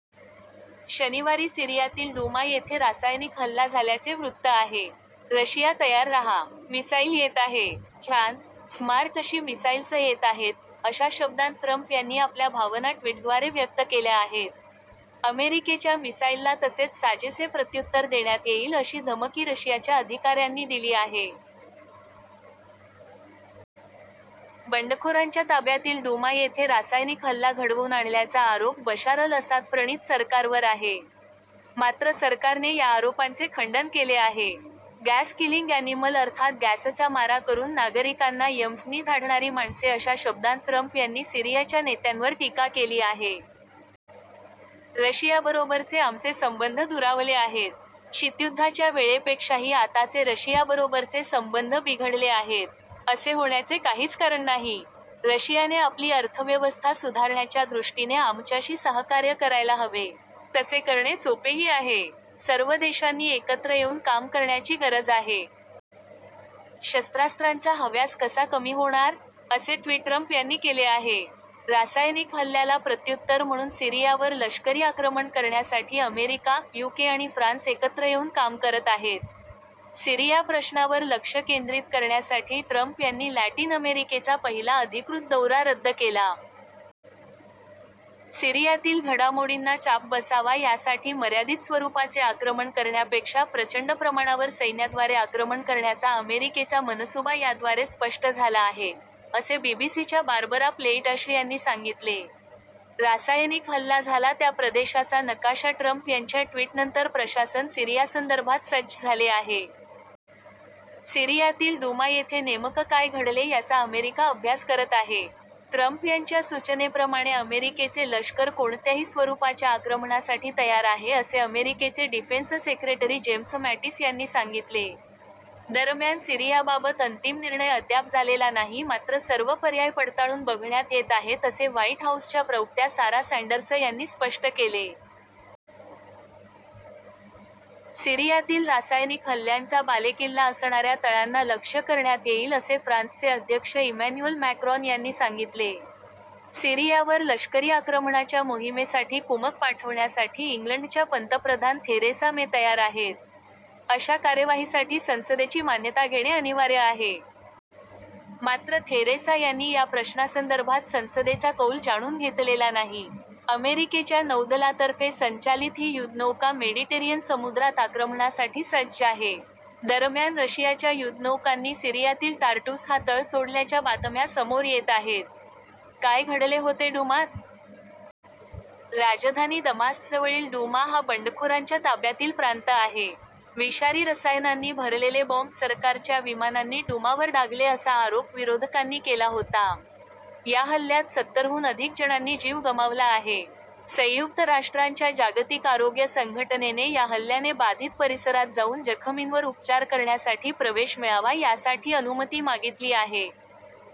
शनिवारी सीरियातील डूमा येथे रासायनिक हल्ला झाल्याचे वृत्त आहे. 'रशिया तयार राहा. मिसाईल येत आहे. छान, स्मार्ट अशी मिसाइल्स येत आहेत', अशा शब्दांत ट्रम्प यांनी आपल्या भावना ट्वीटद्वारे व्यक्त केल्या आहेत. अमेरिकेच्या मिसाईलला तसेच साजेसे प्रत्युत्तर देण्यात येईल अशी धमकी रशियाच्या अधिकाऱ्यांनी दिली आहे. बंडखोरांच्या ताब्यातील डूमा येथे रासायनिक हल्ला घडवून आणल्याचा आरोप बशार अल असादप्रणीत सरकारवर आहे. मात्र सरकारने या आरोपांचे खंडन केले आहे. गॅस किलिंग ॲनिमल अर्थात गॅसचा मारा करून नागरिकांना यमसदनी धाडणारी माणसे अशा शब्दांत ट्रम्प यांनी सीरियाच्या नेत्यांवर टीका केली आहे. 'रशियाबरोबरचे आमचे संबंध दुरावले आहेत. शीतयुद्धाच्या वेळेपेक्षाही आताचे रशियाबरोबरचे संबंध बिघडले आहेत. असे होण्याचे काहीच कारण नाही. रशियाने आपली अर्थव्यवस्था सुधारण्याच्या दृष्टीने आमच्याशी सहकार्य करायला हवे. तसे करणे सोपेही आहे. सर्व देशांनी एकत्र येऊन काम करण्याची गरज आहे. शस्त्रास्त्रांचा हव्यास कसा कमी होणार?' असे ट्वीट ट्रम्प यांनी केले आहे. रासायनिक हल्ल्याला प्रत्युत्तर म्हणून सीरियावर लष्करी आक्रमण करण्यासाठी अमेरिका, युके आणि फ्रान्स एकत्र येऊन काम करत आहेत. सीरिया प्रश्नावर लक्ष केंद्रित करण्यासाठी ट्रम्प यांनी लॅटिन अमेरिकेचा पहिला अधिकृत दौरा रद्द केला. 'सीरियातील घडामोडींना चाप बसावा यासाठी मर्यादित स्वरूपाचे आक्रमण करण्यापेक्षा प्रचंड प्रमाणावर सैन्याद्वारे आक्रमण करण्याचा अमेरिकेचा मनसुबा याद्वारे स्पष्ट झाला आहे', असे बीबीसीच्या बार्बरा प्लेइट अशर यांनी सांगितले. रासायनिक हल्ला झाला त्या प्रदेशाचा नकाशा ट्रम्प यांच्या ट्वीटनंतर प्रशासन सीरियासंदर्भात सज्ज झाले आहे. सीरियातील डूमा येथे नेमकं काय घडले याचा अमेरिका अभ्यास करत आहे. ट्रम्प यांच्या सूचनेप्रमाणे अमेरिकेचे लष्कर कोणत्याही स्वरूपाच्या आक्रमणासाठी तयार आहे असे अमेरिकेचे डिफेन्स सेक्रेटरी जेम्स मॅटिस यांनी सांगितले. दरम्यान सीरियाबाबत अंतिम निर्णय अद्याप झालेला नाही मात्र सर्व पर्याय पडताळून बघण्यात येत आहेत असे व्हाईट हाऊसच्या प्रवक्त्या सारा सँडर्स यांनी स्पष्ट केले. सीरियातील रासायनिक हल्ल्यांचा बालेकिल्ला असणाऱ्या तळांना लक्ष्य करण्यात येईल असे फ्रान्सचे अध्यक्ष इमॅन्युअल मॅक्रॉन यांनी सांगितले. सीरियावर लष्करी आक्रमणाच्या मोहिमेसाठी कुमक पाठवण्यासाठी इंग्लंडच्या पंतप्रधान थेरेसा मे तयार आहेत. अशा कार्यवाहीसाठी संसदेची मान्यता घेणे अनिवार्य आहे. मात्र थेरेसा यांनी या प्रश्नासंदर्भात संसदेचा कौल जाणून घेतलेला नाही. अमेरिकेच्या नौदलातर्फे संचालित ही युद्धनौका मेडिटेरियन समुद्रात आक्रमणासाठी सज्ज आहे. दरम्यान रशियाच्या युद्धनौकांनी सीरियातील टार्टूस हा तळ सोडल्याच्या बातम्या समोर येत आहेत. काय घडले होते डूमात? राजधानी दमास्कसजवळील डूमा हा बंडखोरांच्या ताब्यातील प्रांत आहे. विषारी रसायनांनी भरलेले बॉम्ब सरकारच्या विमानांनी डूमावर डागले असा आरोप विरोधकांनी केला होता. या हल्ल्यात सत्तरहून अधिक जणांनी जीव गमावला आहे. संयुक्त राष्ट्रांच्या जागतिक आरोग्य संघटनेने या हल्ल्याने बाधित परिसरात जाऊन जखमींवर उपचार करण्यासाठी प्रवेश मिळावा यासाठी अनुमती मागितली आहे.